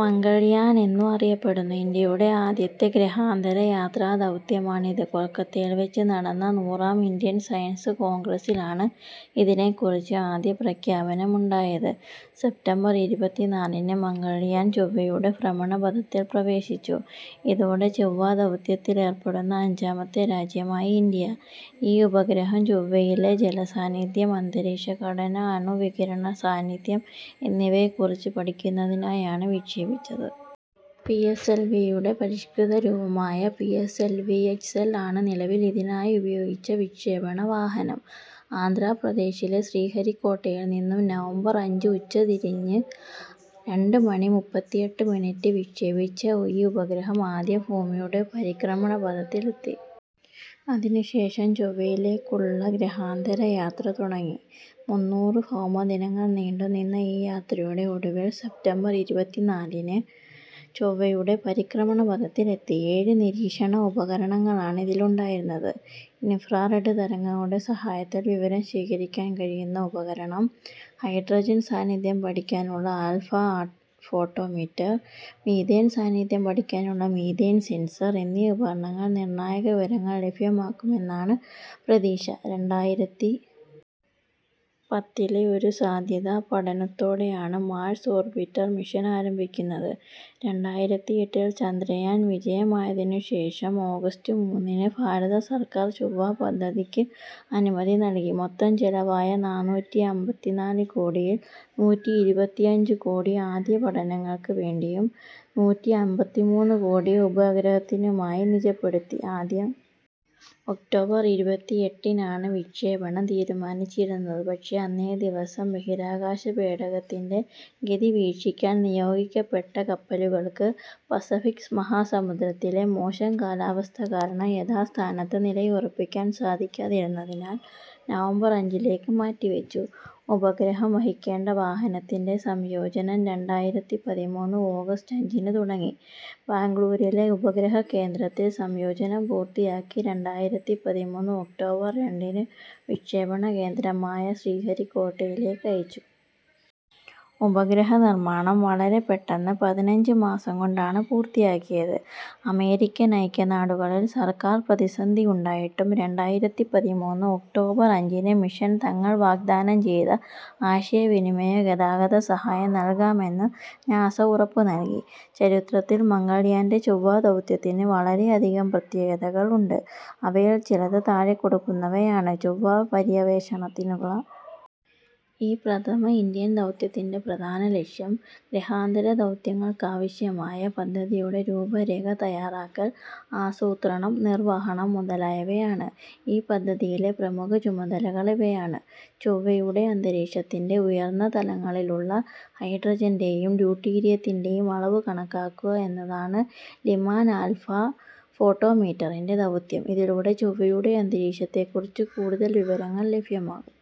മംഗൾയാൻ എന്നും അറിയപ്പെടുന്നു. ഇന്ത്യയുടെ ആദ്യത്തെ ഗ്രഹാന്തര യാത്രാദൗത്യമാണ് ഇത്. കൊൽക്കത്തയിൽ വെച്ച് നടന്ന നൂറാം ഇന്ത്യൻ സയൻസ് കോൺഗ്രസ്സിലാണ് ഇതിനെക്കുറിച്ച് ആദ്യപ്രഖ്യാപനമുണ്ടായത്. സെപ്റ്റംബർ ഇരുപത്തിനാലിന് മംഗൾയാൻ ചൊവ്വയുടെ ഭ്രമണപഥത്തിൽ പ്രവേശിച്ചു. ഇതോടെ ചൊവ്വാദൗത്യത്തിലേർപ്പെടുന്ന അഞ്ചാമത്തെ രാജ്യമായി ഇന്ത്യ.ഈ ഉപഗ്രഹം ചൊവ്വയിലെ ജലസാന്നിധ്യം, അന്തരീക്ഷ ഘടന, അണുവികിരണ സാന്നിധ്യം എന്നിവയെക്കുറിച്ച് പഠിക്കുന്നതിനായാണ് വിക്ഷേപിച്ചത്. പി എസ് എൽ വി യുടെ പരിഷ്കൃത രൂപമായ P S L V X L ആണ് നിലവിൽ ഇതിനായി ഉപയോഗിച്ച വിക്ഷേപണ വാഹനം. ആന്ധ്രാപ്രദേശിലെ ശ്രീഹരിക്കോട്ടയിൽ നിന്നും നവംബർ അഞ്ച് ഉച്ചതിരിഞ്ഞ് രണ്ട് മണി മുപ്പത്തിയെട്ട് മിനിറ്റിന് വിക്ഷേപിച്ച ഈ ഉപഗ്രഹം ആദ്യം ഭൂമിയുടെ പരിക്രമണപഥത്തിൽ എത്തി. അതിനുശേഷം ചൊവ്വയിലേക്കുള്ള ഗ്രഹാന്തര യാത്ര തുടങ്ങി. മുന്നൂറ് ഭൗമദിനങ്ങൾ നീണ്ടുനിന്ന ഈ യാത്രയുടെ ഒടുവിൽ സെപ്റ്റംബർ ഇരുപത്തിനാലിന് ചൊവ്വയുടെ പരിക്രമണപഥത്തിൽ എത്തി.ഏഴ് നിരീക്ഷണ ഉപകരണങ്ങളാണ് ഇതിലുണ്ടായിരുന്നത്. ഇൻഫ്രാറെഡ് തരംഗങ്ങളുടെ സഹായത്താൽ വിവരം ശേഖരിക്കാൻ കഴിയുന്ന ഉപകരണം, ഹൈഡ്രജൻ സാന്നിധ്യം പഠിക്കാനുള്ള ആൽഫാ ഫോട്ടോമീറ്റർ, മീഥേൻ സാന്നിധ്യം പഠിക്കാനുള്ള മീഥേൻ സെൻസർ എന്നീ ഉപകരണങ്ങൾ നിർണായക വിവരങ്ങൾ ലഭ്യമാക്കുമെന്നാണ് പ്രതീക്ഷ. രണ്ടായിരത്തി പത്തിലെ ഒരു സാധ്യതാ പഠനത്തോടെയാണ് മാർസ് ഓർബിറ്റർ മിഷൻ ആരംഭിക്കുന്നത്. രണ്ടായിരത്തി എട്ടിൽ ചന്ദ്രയാൻ വിജയമായതിനു ശേഷം ആഗസ്റ്റ് മൂന്നിന് ഭാരത സർക്കാർ ചൊവ്വാ പദ്ധതിക്ക് അനുമതി നൽകി. മൊത്തം ചെലവായ നാനൂറ്റിയമ്പത്തിനാല് കോടിയിൽ നൂറ്റിയിരുപത്തിയഞ്ച് കോടി ആദ്യ പഠനങ്ങൾക്ക് വേണ്ടിയും നൂറ്റിയമ്പത്തിമൂന്ന് കോടി ഉപഗ്രഹത്തിനുമായി നിജപ്പെടുത്തി. ആദ്യം ഒക്ടോബർ ഇരുപത്തിയെട്ടിനാണ് വിക്ഷേപണം തീരുമാനിച്ചിരുന്നത്. പക്ഷേ അന്നേ ദിവസം ബഹിരാകാശപേടകത്തിന്റെ ഗതി വീക്ഷിക്കാൻ നിയോഗിക്കപ്പെട്ട കപ്പലുകൾക്ക് പസഫിക് മഹാസമുദ്രത്തിലെ മോശം കാലാവസ്ഥ കാരണം യഥാസ്ഥാനത്ത് നിലയുറപ്പിക്കാൻ സാധിക്കാതിരുന്നതിനാൽ നവംബർ അഞ്ചിലേക്ക് മാറ്റിവച്ചു. ഉപഗ്രഹം വഹിക്കേണ്ട വാഹനത്തിന്റെ സംയോജനം രണ്ടായിരത്തി പതിമൂന്ന് ആഗസ്റ്റ് അഞ്ചിന് തുടങ്ങി. ബാംഗ്ലൂരിലെ ഉപഗ്രഹ കേന്ദ്രത്തിൽ സംയോജനം പൂർത്തിയാക്കി രണ്ടായിരത്തി പതിമൂന്ന് ഒക്ടോബർ രണ്ടിന് വിക്ഷേപണ കേന്ദ്രമായ ശ്രീഹരിക്കോട്ടയിലേക്ക് അയച്ചു. ഉപഗ്രഹ നിർമ്മാണം വളരെ പെട്ടെന്ന് പതിനഞ്ച് മാസം കൊണ്ടാണ് പൂർത്തിയാക്കിയത്. അമേരിക്കൻ ഐക്യനാടുകളിൽ സർക്കാർ പ്രതിസന്ധി ഉണ്ടായിട്ടും രണ്ടായിരത്തി പതിമൂന്ന് ഒക്ടോബർ അഞ്ചിന് മിഷന് തങ്ങൾ വാഗ്ദാനം ചെയ്ത ആശയവിനിമയ ഗതാഗത സഹായം നൽകാമെന്ന് നാസ ഉറപ്പുനൽകി. ചരിത്രത്തിൽ മംഗൾയാന്റെ ചൊവ്വാ ദൗത്യത്തിന് വളരെയധികം പ്രത്യേകതകൾ ഉണ്ട്. അവയിൽ ചിലത് താഴെ കൊടുക്കുന്നവയാണ്. ചൊവ്വാപര്യവേഷണത്തിനുള്ള ഈ പ്രഥമ ഇന്ത്യൻ ദൗത്യത്തിന്റെ പ്രധാന ലക്ഷ്യം ഗ്രഹാന്തര ദൗത്യങ്ങൾക്കാവശ്യമായ പദ്ധതിയുടെ രൂപരേഖ തയ്യാറാക്കൽ, ആസൂത്രണം, നിർവഹണം മുതലായവയാണ്.ഈ പദ്ധതിയിലെ പ്രമുഖ ചുമതലകൾ ഇവയാണ്. ചൊവ്വയുടെ അന്തരീക്ഷത്തിന്റെ ഉയർന്ന തലങ്ങളിലുള്ള ഹൈഡ്രജന്റെയും ഡ്യൂട്ടീരിയത്തിന്റെയും അളവ് കണക്കാക്കുക എന്നതാണ് ലിമാൻ ആൽഫാ ഫോട്ടോമീറ്ററിന്റെ ദൗത്യം. ഇതിലൂടെ ചൊവ്വയുടെ അന്തരീക്ഷത്തെക്കുറിച്ച് കൂടുതൽ വിവരങ്ങൾ ലഭ്യമാകും.